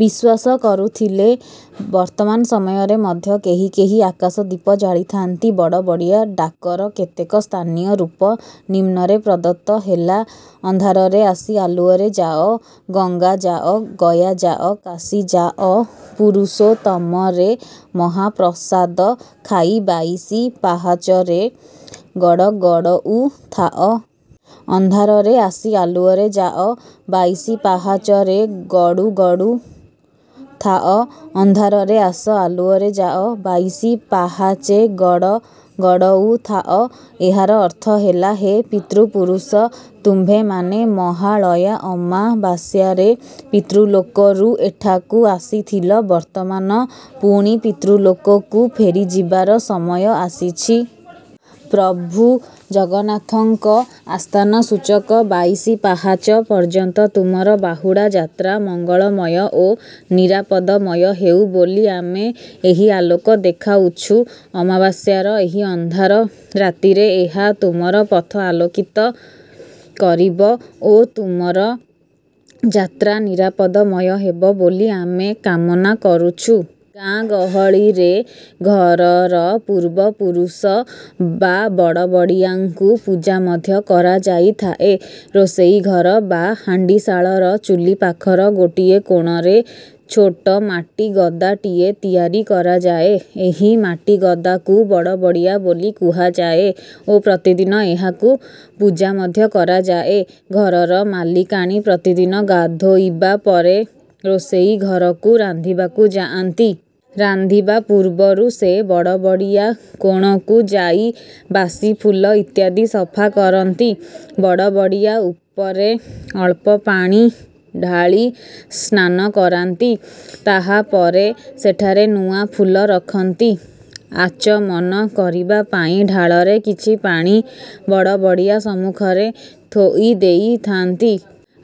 ବିଶ୍ୱାସ କରୁଥିଲେ। ବର୍ତ୍ତମାନ ସମୟରେ ମଧ୍ୟ କେହି କେହି ଆକାଶଦୀପ ଜାଳିଥାନ୍ତି। ବଡ଼ବଡ଼ିଆ ଡାକର କେତେକ ସ୍ଥାନୀୟ ରୂପ ନିମ୍ନରେ ପ୍ରଦତ୍ତ ହେଲା। ଅନ୍ଧାରରେ ଆସି ଆଲୁଅରେ ଯାଅ। ଗଙ୍ଗା ଯାଅ, ଗୟା ଯାଅ, କାଶୀ ଯାଅ, ପୁରୁଷୋତ୍ତମରେ ମହାପ୍ରସାଦ ଖାଇ ବାଇଶି ପାହାଚରେ ଗଡ଼ଗଡ଼ଉ ଥାଅ।। ଅନ୍ଧାରେ ଆସି ଆଲୁଅରେ ଯାଅ। ବାଇଶି ପାହାଚରେ ଗଡ଼ଗଡ଼ୁ ଥାଅ।। ଅନ୍ଧାରରେ ଆସ, ଆଲୁଅରେ ଯାଅ। ବାଇଶି ପହାଚେ ଗଡ଼ଗଡ଼ଉ ଥାଅ।। ଏହାର ଅର୍ଥ ହେଲା – ହେ ପିତୃପୁରୁଷ। ତୁମ୍ଭେମାନେ ମହାଳୟା ଅମାବାସ୍ୟାରେ ପିତୃଲୋକରୁ ଏଠାକୁ ଆସିଥିଲ। ବର୍ତ୍ତମାନ ପୁଣି ପିତୃଲୋକକୁ ଫେରିଯିବାର ସମୟ ଆସିଛି। ପ୍ରଭୁ ଜଗନ୍ନାଥଙ୍କ ଆସ୍ଥାନ ସୂଚକ ବାଇଶି ପାହାଚ ପର୍ଯ୍ୟନ୍ତ ତୁମର ବାହୁଡ଼ା ଯାତ୍ରା ମଙ୍ଗଳମୟ ଓ ନିରାପଦମୟ ହେଉ ବୋଲି ଆମେ ଏହି ଆଲୋକ ଦେଖାଉଛୁ। ଅମାବାସ୍ୟାର ଏହି ଅନ୍ଧାର ରାତିରେ ଏହା ତୁମର ପଥ ଆଲୋକିତ କରିବ ଓ ତୁମ ଯାତ୍ରା ନିରାପଦମୟ ହେବ ବୋଲି ଆମେ କାମନା କରୁଛୁ। ଗାଁ ଗହଳିରେ ଘରର ପୂର୍ବପୁରୁଷ ବା ବଡ଼ବଡ଼ିଆଙ୍କୁ ପୂଜା ମଧ୍ୟ କରାଯାଇଥାଏ। ରୋଷେଇ ଘର ବା ହାଣ୍ଡିଶାଳର ଚୁଲି ପାଖର ଗୋଟିଏ କୋଣରେ ଛୋଟ ମାଟିଗଦାଟିଏ ତିଆରି କରାଯାଏ। ଏହି ମାଟିଗଦାକୁ ବଡ଼ବଡ଼ିଆ ବୋଲି କୁହାଯାଏ ଓ ପ୍ରତିଦିନ ଏହାକୁ ପୂଜା ମଧ୍ୟ କରାଯାଏ। ଘରର ମାଲିକାଣୀ ପ୍ରତିଦିନ ଗାଧୋଇବା ପରେ ରୋଷେଇ ଘରକୁ ରାନ୍ଧିବାକୁ ଯାଆନ୍ତି। ରାନ୍ଧିବା ପୂର୍ବରୁ ସେ ବଡ଼ବଡ଼ିଆ କୋଣକୁ ଯାଇ ବାସି ଫୁଲ ଇତ୍ୟାଦି ସଫା କରନ୍ତି। ବଡ଼ବଡ଼ିଆ ଉପରେ ଅଳ୍ପ ପାଣି ଢାଳି ସ୍ନାନ କରାନ୍ତି। ତାହା ପରେ ସେଠାରେ ନୂଆ ଫୁଲ ରଖନ୍ତି। ଆଚମନ କରିବା ପାଇଁ ଢାଳରେ କିଛି ପାଣି ବଡ଼ବଡ଼ିଆ ସମ୍ମୁଖରେ ଥୋଇଦେଇଥାନ୍ତି।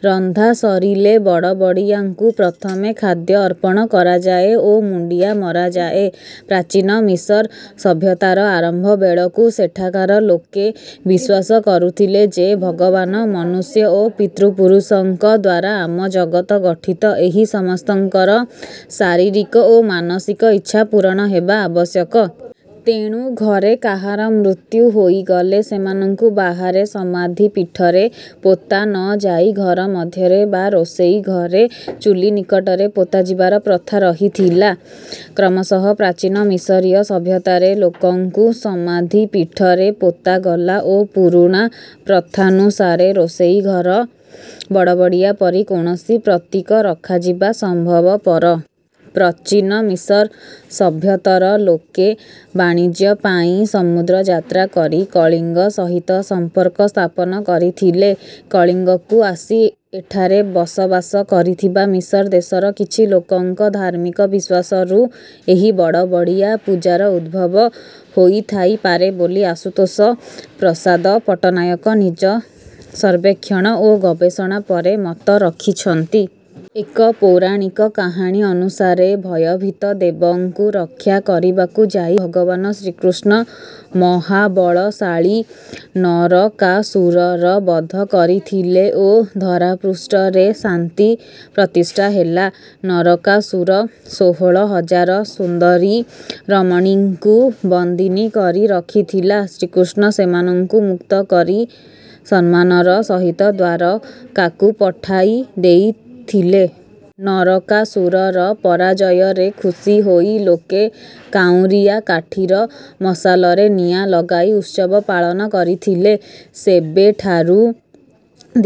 ରନ୍ଧା ସରିଲେ ବଡ଼ବଡ଼ିଆଙ୍କୁ ପ୍ରଥମେ ଖାଦ୍ୟ ଅର୍ପଣ କରାଯାଏ ଓ ମୁଣ୍ଡିଆ ମରାଯାଏ। ପ୍ରାଚୀନ ମିଶର୍ ସଭ୍ୟତାର ଆରମ୍ଭ ବେଳକୁ ସେଠାକାର ଲୋକେ ବିଶ୍ୱାସ କରୁଥିଲେ ଯେ ଭଗବାନ, ମନୁଷ୍ୟ ଓ ପିତୃପୁରୁଷଙ୍କଦ୍ୱାରା ଆମ ଜଗତ ଗଠିତ। ଏହି ସମସ୍ତଙ୍କର ଶାରୀରିକ ଓ ମାନସିକ ଇଚ୍ଛା ପୂରଣ ହେବା ଆବଶ୍ୟକ। ତେଣୁ ଘରେ କାହାର ମୃତ୍ୟୁ ହୋଇଗଲେ ସେମାନଙ୍କୁ ବାହାରେ ସମାଧିପୀଠରେ ପୋତା ନ ଯାଇ ଘର ମଧ୍ୟରେ ବା ରୋଷେଇ ଘରେ ଚୁଲି ନିକଟରେ ପୋତାଯିବାର ପ୍ରଥା ରହିଥଲା। କ୍ରମଶଃ ପ୍ରାଚୀନ ମିଶରୀୟ ସଭ୍ୟତାରେ ଲୋକଙ୍କୁ ସମାଧିପୀଠରେ ପୋତାଗଲା ଓ ପୁରୁଣା ପ୍ରଥାନୁସାରେ ରୋଷେଇ ଘରେ ବଡ଼ବଡ଼ିଆ ପରି କୌଣସି ପ୍ରତୀକ ରଖାଯିବା ସମ୍ଭବପର। ପ୍ରଚୀନ ମିଶର୍ ସଭ୍ୟତର ଲୋକେ ବାଣିଜ୍ୟ ପାଇଁ ସମୁଦ୍ର ଯାତ୍ରା କରି କଳିଙ୍ଗ ସହିତ ସମ୍ପର୍କ ସ୍ଥାପନ କରିଥିଲେ। କଳିଙ୍ଗକୁ ଆସି ଏଠାରେ ବସବାସ କରିଥିବା ମିଶର୍ ଦେଶର କିଛି ଲୋକଙ୍କ ଧାର୍ମିକ ବିଶ୍ୱାସରୁ ଏହି ବଡ଼ବଡ଼ିଆ ପୂଜାର ଉଦ୍ଭବ ହୋଇଥାଇପାରେ ବୋଲି ଆଶୁତୋଷ ପ୍ରସାଦ ପଟ୍ଟନାୟକ ନିଜ ସର୍ବେକ୍ଷଣ ଓ ଗବେଷଣା ପରେ ମତ ରଖିଛନ୍ତି। ଏକ ପୌରାଣିକ କାହାଣୀ ଅନୁସାରେ ଭୟଭୀତ ଦେବଙ୍କୁ ରକ୍ଷା କରିବାକୁ ଯାଇ ଭଗବାନ ଶ୍ରୀକୃଷ୍ଣ ମହାବଳଶାଳୀ ନରକାସୁରର ବଧ କରିଥିଲେ ଓ ଧରାପୃଷ୍ଠରେ ଶାନ୍ତି ପ୍ରତିଷ୍ଠା ହେଲା। ନରକାସୁର ଷୋହଳ ହଜାର ସୁନ୍ଦରୀ ରମଣୀଙ୍କୁ ବନ୍ଦିନୀ କରି ରଖିଥିଲା। ଶ୍ରୀକୃଷ୍ଣ ସେମାନଙ୍କୁ ମୁକ୍ତ କରି ସମ୍ମାନର ସହିତ ଦ୍ୱାରକାକୁ ପଠାଇ ଦେଇଥିଲେ। ନରକାସୁରର ପରାଜୟରେ ଖୁସି ହୋଇ ଲୋକେ କାଉଁରିଆ କାଠିର ମଶାଲରେ ନିଆଁ ଲଗାଇ ଉତ୍ସବ ପାଳନ କରିଥିଲେ। ସେବେଠାରୁ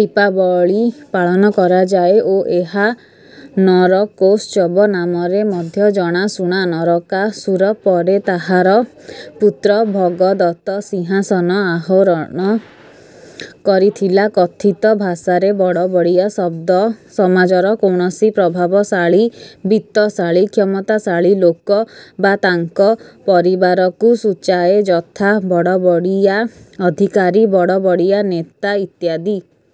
ଦୀପାବଳୀ ପାଳନ କରାଯାଏ ଓ ଏହା ନରକୋତ୍ସବ ନାମରେ ମଧ୍ୟ ଜଣାଶୁଣା। ନରକାସୁର ପରେ ତାହାର ପୁତ୍ର ଭଗଦତ୍ତ ସିଂହାସନ ଆହରଣ କରିଥିଲା। କଥିତ ଭାଷାରେ ବଡ଼ବଡ଼ିଆ ଶବ୍ଦ ସମାଜର କୌଣସି ପ୍ରଭାବଶାଳୀ, ବିତ୍ତଶାଳୀ, କ୍ଷମତାଶାଳୀ ଲୋକ ବା ତାଙ୍କ ପରିବାରକୁ ସୂଚାଏ। ଯଥା – ବଡ଼ବଡ଼ିଆ ଅଧିକାରୀ, ବଡ଼ବଡ଼ିଆ ନେତା ଇତ୍ୟାଦି।